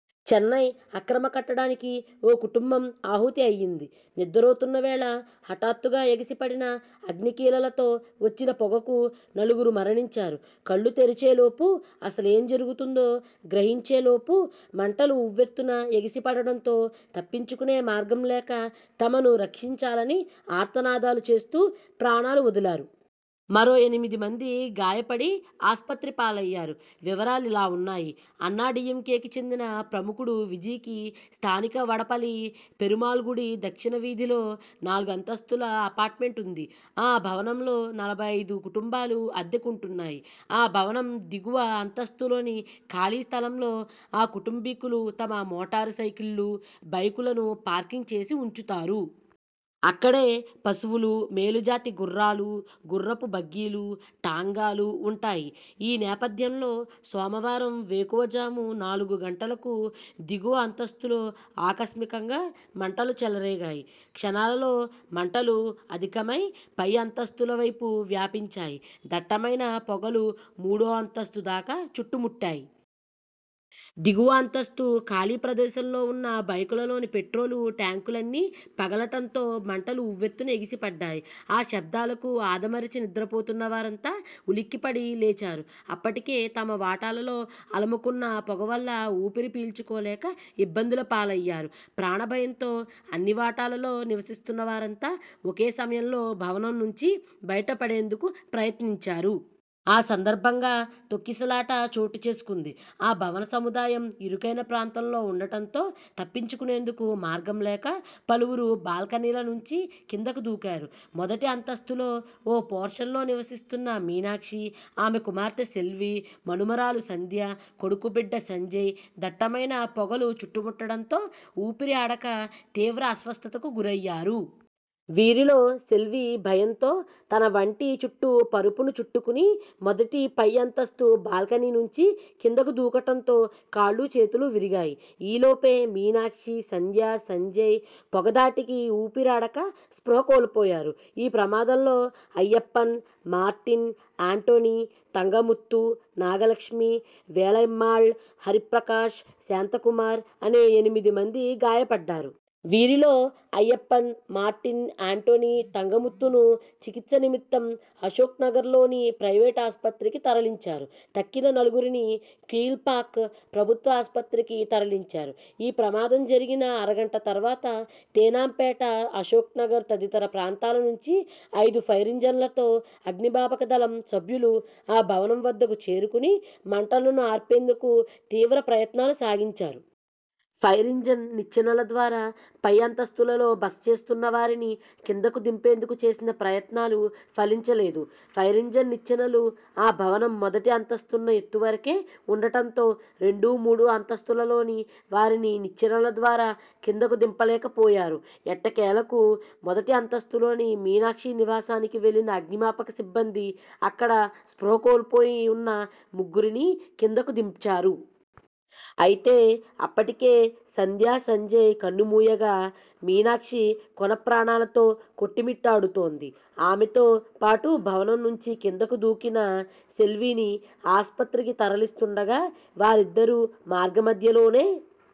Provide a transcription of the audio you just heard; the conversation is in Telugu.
చెన్నై అక్రమ కట్టడానికి ఓ కుటుంబం ఆహుతి అయ్యింది. నిద్దరోతున్న వేళ హఠాత్తుగా ఎగసిపడిన అగ్నికీలలతో వచ్చిన పొగదెబ్బకు నలుగురు మరణించారు. కళ్లు తెరిచేలోపు, అసలేం జరుగుతుందో గ్రహించేలోపు మంటలు ఉవ్వెత్తున ఎగసిపడడంతో తప్పించుకునే మార్గం లేక, తమను రక్షించాలని ఆర్తనాదాలు చేస్తూ ప్రాణాలు వదిలారు. మరో ఎనిమిదిమంది గాయపడి ఆస్పత్రిపాలయ్యారు. వివరాలిలా వున్నాయి అన్నాడీఎంకేకి చెందిన ప్రముఖుడు విజీకి స్థానిక వడపళని పెరుమాళ్గుడి దక్షిణవీధిలో నాలుగం తస్తుల అపార్ట్మెంట్ వుంది. ఆ భవనంలో నలభై ఐదు కుటుంబాలు అద్దెకుంటున్నాయి. ఆ భవనం దిగువ అంతస్తులోని ఖాళీ స్థలంలో ఆ కుటుంబీకులు తమ మోటారుసైకిళ్లు, బైకులను పార్కింగ్ చేసి ఉంచుతారు. అక్కడే పశువులు, మేలుజాతి గుర్రా లు, గుర్రపు బగ్గీలు, టాంగాలు ఉంటాయి. ఈ నేపథ్యంలో సోమవారం వేకువజాము నాలుగు గంటలకు దిగువ అంతస్తులో ఆకస్మికంగా మంటలు చెలరేగాయి. క్షణాలలో మంటలు అధికమై పై అంతస్తుల వైపు వ్యాపించాయి. దట్టమైన పొగలు మూడో అంతస్తు దాకా చుట్టుముట్టాయి. దిగువ అంతస్తు ఖాళీ ప్రదేశంలో ఉన్న బైకుల లోని పెట్రోలు ట్యాంకులన్నీ పగలటంతో మంటలు ఉవ్వెత్తున ఎగసిపడ్డాయి. ఆ శబ్దాలకు ఆదమరచి నిద్రపోతున్నవారంతా ఉలిక్కిపడి లేచారు. అప్పటి కే తమ వాటాలలో అలముకున్న పొగ వల్ల ఊపిరి పీల్చుకోలేక ఇబ్బందులపాలయ్యారు. ప్రాణ భయంతో అన్ని వాటాలలో నివసిస్తున్నవారంతా ఒకే సమయంలో భవనం నుంచి బయట పడేందుకు ప్రయత్నించారు. ఆ సందర్భంగా తొక్కిసలాట చోటుచేసుకుంది. ఆ భవన సముదాయం ఇరుకైన ప్రాంతంలో ఉండటంతో తప్పించుకునేందుకు మార్గం లేక పలువురు బాల్కనీల నుంచి కిందకు దూకారు. మొదటి అంతస్థులో ఓ పోర్షన్లో నివసిస్తున్న మీనాక్షి, ఆమె కుమార్తె సెల్వి, మనుమరాలు సంధ్య, కొడుకు బిడ్డ సంజయ్ దట్టమైన పొగలు చుట్టుముట్టడంతో ఊపిరాడక తీవ్ర అస్వస్థతకు గురయ్యారు. వీరిలో సెల్వి భయంతో తన వంటి చుట్టు పరుపును చుట్టుకుని మొదటి పై అంతస్తు బాల్కనీ నుండి కిందకు దూకటంతో కాళ్లు చేతులు విరిగాయి. ఈలోపే మీనాక్షి, సంధ్య, సంజయ్ పొగ ధాటికి ఊపిరాడక స్పృహ కోల్పోయారు. ఈ ప్రమాదంలో అయ్యప్పన్, మార్టిన్, ఆంటోని తంగముత్తు, నాగలక్ష్మి, వేలమ్మాళ్, హర్రిపకాష్, శాంతకుమార్ అనే ఎనిమిది మంది గాయపడ్డారు. వీరిలో అయ్యప్పన్, మార్టిన్, ఆంటోని, తంగముత్తును చికిత్స నిమిత్తం అశోక్నగర్లోని ప్రైవేటు ఆస్పత్రికి తరలించారు. తక్కిన నలుగురిని కీల్పాక్ ప్రభుత్వ ఆస్పత్రికి తరలించారు. ఈ ప్రమాదం జరిగిన అరగంట తర్వాత తేనాం పేట, అశోక్నగర్ తదితర ప్రాంతాల నుంచి ఐదు ఫైరింజన్లతో అగ్నిమాపక దళం సభ్యులు ఆ భవనం వద్దకు చేరుకుని మంటలను ఆర్పేందుకు తీవ్ర ప్రయత్నాలు సాగించారు. ఫైరింజిన్ నిచ్చెనల ద్వారా పై అంతస్తులలో బస చేస్తున్నవారిని కిందకు దింపేందుకు చేసిన ప్రయత్నాలు ఫలించలేదు. ఫైరింజన్పైని నిచ్చెనలు ఆ భవనం మొదటి అంతస్తున్న ఎత్తువరకే ఉండటంతో రెండు మూడు అంతస్తులలోని వారిని నిచ్చెనల ద్వారా కిందకు దింపలేకపోయారు. ఎట్టకేలకు మొదటి అంతస్తులోని మీనాక్షి నివాసానికి వెళ్లిన అగ్నిమాపక సిబ్బంది, అక్కడ స్పృహ కోల్పోయి వున్న ముగ్గురినీ కిందకు దించారు. అయితే అప్పటికే సంధ్య, సంజయ్ కన్నుమూయగా, మీనాక్షి కొనప్రాణాలతో కొట్టుమిట్టాడుతోంది. ఆమెతో పాటు భవనం నుంచి కిందకు దూకిన సెల్విని ఆస్పత్రికి తరలిస్తుండగా, వారిద్దరూ మార్గమధ్యలోనే